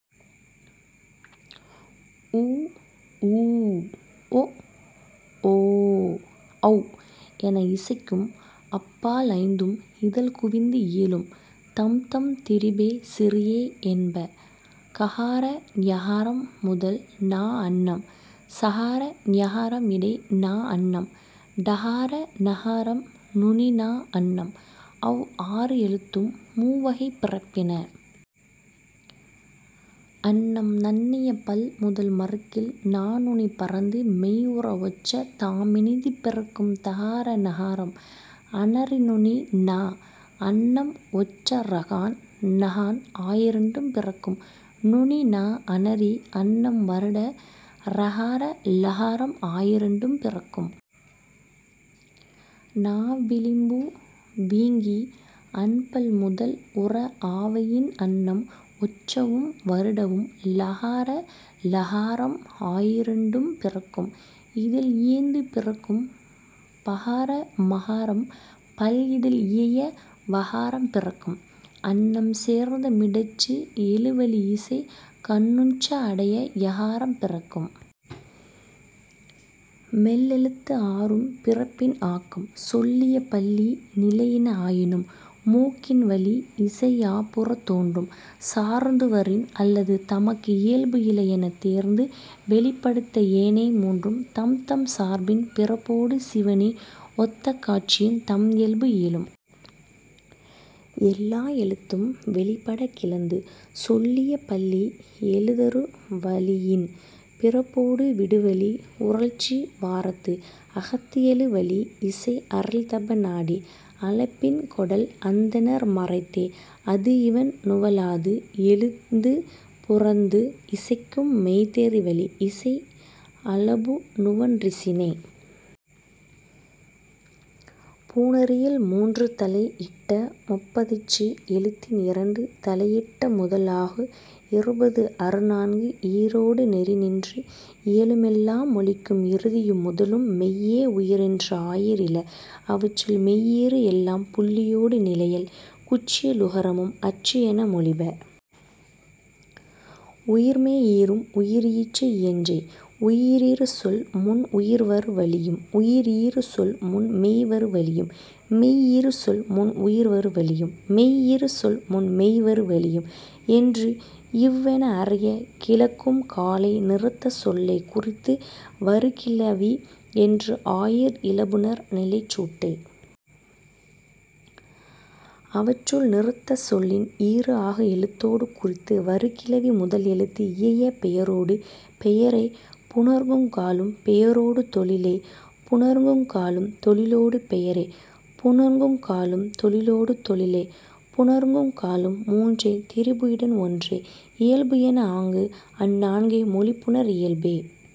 உ ஊ ஒ ஓ ஔ என இசைக்கும் அப் பால் ஐந்தும் இதழ் குவிந்து இயலும். தம்தம் திரிபே சிறிய என்ப. ககார ஙகாரம் முதல் நா அண்ணம். சகார ஞகாரம் இடை நா அண்ணம். டகார ணகாரம் நுனி நா அண்ணம். அவ் ஆறு எழுத்தும் மூ வகைப் பிறப்பின. அண்ணம் நண்ணிய பல் முதல் மருங்கில் நா நுனி பரந்து மெய் உற ஒற்ற தாம் இனிது பிறக்கும் தகார நகாரம். அணரி நுனி நா அண்ணம் ஒற்ற றஃகான் னஃகான் ஆயிரண்டும் பிறக்கும். நுனி நா அணரி அண்ணம் வருட ரகார ழகாரம் ஆயிரண்டும் பிறக்கும். நா விளிம்பு வீங்கி அண்பல் முதல் உற ஆவயின் அண்ணம் ஒற்றவும் வருடவும் லகார ளகாரம் ஆயிரண்டும் பிறக்கும். இதழ் இயைந்து பிறக்கும் பகார மகாரம். பல் இதழ் இயைய வகாரம் பிறக்கும். அண்ணம் சேர்ந்த மிடற்று எழு வளி இசை கண்ணுற்று அடைய யகாரம் பிறக்கும். மெல்லெழுத்து ஆறும் பிறப்பின் ஆக்கம் சொல்லிய பள்ளி நிலையின ஆயினும் மூக்கின் வளி இசை யாப்புறத் தோன்றும். சார்ந்து வரின் அல்லது தமக்கு இயல்பு இல எனத் தேர்ந்து வெளிப்படுத்த ஏனை மூன்றும் தம்தம் சார்பின் பிறப்பொடு சிவணி ஒத்த காட்சியின் தம் இயல்பு இயலும். எல்லா எழுத்தும் வெளிப்படக் கிளந்து சொல்லிய பள்ளி எழுதரு வளியின் பிறப்பொடு விடுவழி உறழ்ச்சி வாரத்து அகத்து எழு வளி இசை அரில் தப நாடி அளபின் கோடல் அந்தணர் மறைத்தே. அது இவண் நுவலாது எழுந்து புறந்து இசைக்கும் மெய் தெரி வளி இசை அளபு நுவன்றிசினே.. புணரியல் மூன்று தலை இட்ட முப்பதிற்று எழுத்தின் இரண்டு தலை இட்ட முதல் ஆகு இருபஃது அறு நான்கு ஈறொடு நெறி நின்று இயலும் எல்லா மொழிக்கும் இறுதியும் முதலும் மெய்யே உயிர் என்று ஆயீர் இயல. அவற்றுள், மெய் ஈறு எல்லாம் புள்ளியொடு-நிலையல். குற்றியலுகரமும் அற்று என மொழிப. உயிர்மெய் ஈறும் உயிர் ஈற்று இயற்றே. உயிர் இறு சொல் முன் உயிர் வரு வழியும் உயிர் இறு சொல் முன் மெய் வரு வழியும் மெய் இறு சொல் முன் உயிர் வரு வழியும் மெய் இறு சொல் முன் மெய் வரு வழியும் என்று இவ் என அறியக் கிளக்கும் காலை நிறுத்த சொல்லே குறித்து வரு கிளவி என்று ஆயீர் இயல புணர் நிலைச் சுட்டே. அவற்றுள், நிறுத்த சொல்லின் ஈறு ஆகு எழுத்தொடு குறித்து வரு கிளவி முதல் எழுத்து இயைய பெயரொடு பெயரைப் புணர்க்குங் காலும் பெயரொடு தொழிலைப் புணர்க்குங் காலும் தொழிலொடு பெயரைப் புணர்க்குங் காலும் தொழிலொடு தொழிலைப் புணர்க்குங் காலும் மூன்றே திரிபு இடன் ஒன்றே இயல்பு என ஆங்கு அந் நான்கே மொழி புணர் இயல்பே.